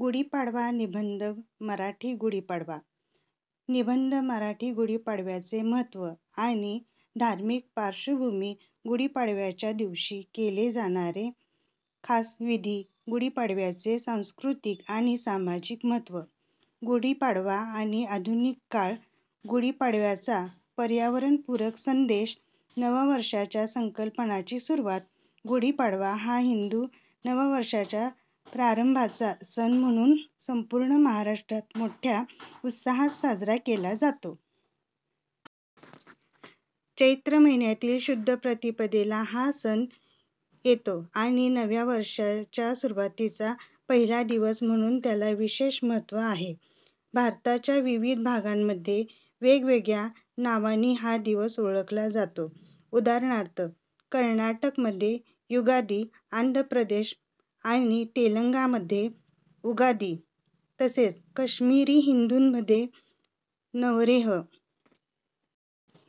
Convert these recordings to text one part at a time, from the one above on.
गुढीपाडवा निबंध मराठी गुढीपाडवा निबंध मराठी गुढीपाडव्याचे महत्त्व आणि धार्मिक पार्श्वभूमी गुढीपाडव्याच्या दिवशी केले जाणारे खास विधी गुढीपाडव्याचे सांस्कृतिक आणि सामाजिक महत्त्व गुढीपाडवा आणि आधुनिक काळ गुढीपाडव्याचा पर्यावरणपूरक संदेश नववर्षाच्या संकल्पांची सुरुवात गुढीपाडवा हा हिंदू नववर्षाच्या प्रारंभाचा सण म्हणून संपूर्ण महाराष्ट्रात मोठ्या उत्साहात साजरा केला जातो. चैत्र महिन्यातील शुद्ध प्रतिपदेला हा सण येतो आणि नव्या वर्षाच्या सुरुवातीचा पहिला दिवस म्हणून त्याला विशेष महत्त्व आहे. भारताच्या विविध भागांमध्ये वेगवेगळ्या नावांनी हा दिवस ओळखला जातो, उदा. कर्नाटकमध्ये युगादी, आंध्रप्रदेश आणि तेलंगणामध्ये उगादी, तसेच काश्मिरी हिंदूंमध्ये नवरेह.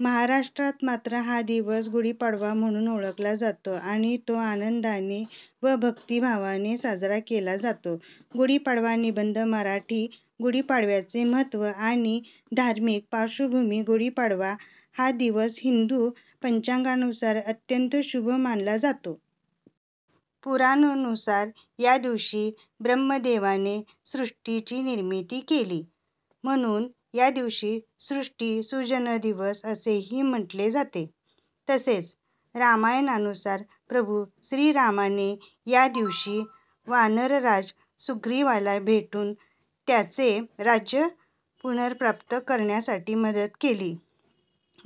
महाराष्ट्रात मात्र हा दिवस गुढीपाडवा म्हणून ओळखला जातो आणि तो आनंदाने व भक्तिभावाने साजरा केला जातो. गुढीपाडवा निबंध मराठी गुढीपाडव्याचे महत्त्व आणि धार्मिक पार्श्वभूमी गुढीपाडवा हा दिवस हिंदू पंचांगानुसार अत्यंत शुभ मानला जातो. पुराणांनुसार या दिवशी ब्रह्मदेवाने सृष्टीची निर्मिती केली, म्हणून या दिवसाला सृष्टी सृजन दिवस असेही म्हटले जाते. तसेच, रामायणानुसार प्रभू श्रीरामाने या दिवशी वानरराज सुग्रीवाला भेटून त्याचे राज्य पुनर्प्राप्त करण्यासाठी मदत केली.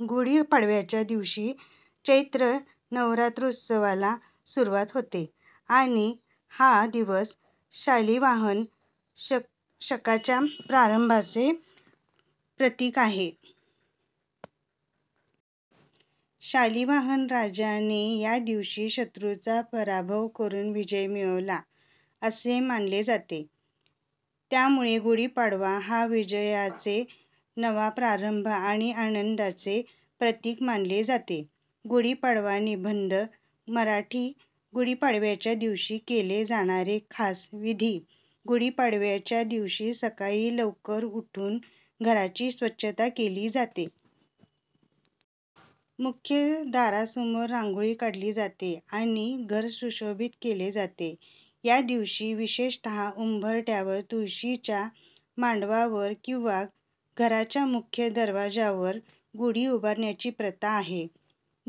गुढीपाडव्याच्या दिवशी चैत्र नवरात्रोत्सवाला सुरुवात होते आणि हा दिवस शालिवाहन शकाच्या प्रारंभाचेही प्रतीक आहे. शालिवाहन राजाने या दिवशी शत्रूंचा पराभव करून विजय मिळवला, असे मानले जाते. त्यामुळे गुढीपाडवा हा विजयाचे, नवा प्रारंभ आणि आनंदाचे प्रतीक मानला जातो. गुढीपाडवा निबंध मराठी गुढीपाडव्याच्या दिवशी केले जाणारे खास विधी गुढीपाडव्याच्या दिवशी सकाळी लवकर उठून घराची स्वच्छता केली जाते. मुख्य दारासमोर रांगोळी काढली जाते आणि घर सुशोभित केले जाते. या दिवशी विशेषतः उंबरठ्यावर तुळशीच्या मांडवावर किंवा घराच्या मुख्य दरवाज्यावर गुढी उभारण्याची प्रथा आहे.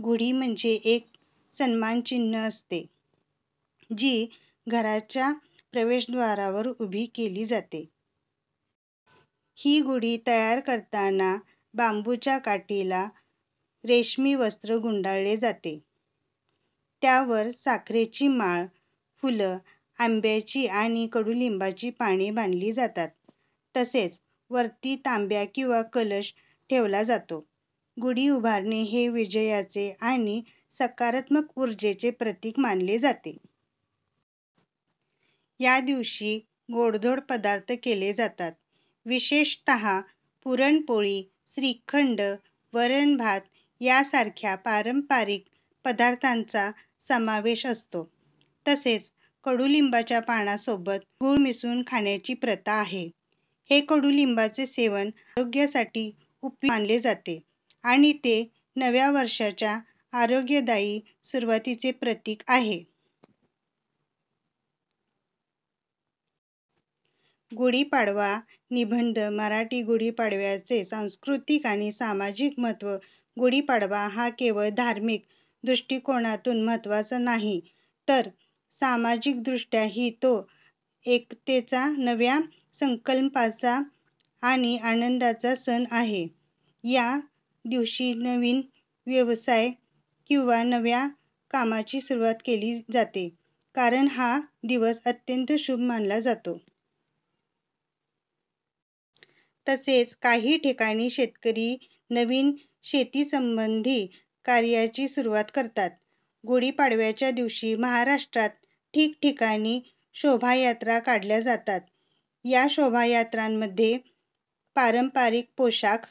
गुढी म्हणजे एक सन्मानचिन्ह असते, जी घराच्या प्रवेशद्वारावर उभी केली जाते. ही गुढी तयार करताना बांबूच्या काठीला रेशमी वस्त्र गुंडाळले जाते, त्यावर साखरेची माळ, फुलं, आंब्याची आणि कडुलिंबाची पाने बांधली जातात, तसेच वरती तांब्या किंवा कलश ठेवला जातो. गुढी उभारणे हे विजयाचे आणि सकारात्मक ऊर्जेचे प्रतीक मानले जाते. या दिवशी गोडधोड पदार्थ केले जातात. विशेषतः पुरणपोळी, श्रीखंड, वरण भात यासारख्या पारंपरिक पदार्थांचा समावेश असतो. तसेच, कडुलिंबाच्या पानांसोबत गूळ मिसळून खाण्याची प्रथा आहे. हे कडुलिंबाचे सेवन आरोग्यासाठी उपयुक्त मानले जाते आणि ते नव्या वर्षाच्या आरोग्यदायी सुरुवातीचे प्रतीक आहे. गुढीपाडवा निबंध मराठी गुढीपाडव्याचे सांस्कृतिक आणि सामाजिक महत्त्व गुढीपाडवा हा केवळ धार्मिक दृष्टिकोनातून महत्त्वाचा नाही, तर सामाजिकदृष्ट्याही तो एकतेचा, नव्या संकल्पांचा आणि आनंदाचा सण आहे. या दिवशी नवीन व्यवसाय किंवा नव्या कामाची सुरुवात केली जाते, कारण हा दिवस अत्यंत शुभ मानला जातो. तसेच, काही ठिकाणी शेतकरी नवीन शेतीसंबंधी कार्यांची सुरुवात करतात. गुढीपाडव्याच्या दिवशी महाराष्ट्रात ठिकठिकाणी शोभायात्रा काढल्या जातात. या शोभायात्रांमध्ये पारंपरिक पोशाख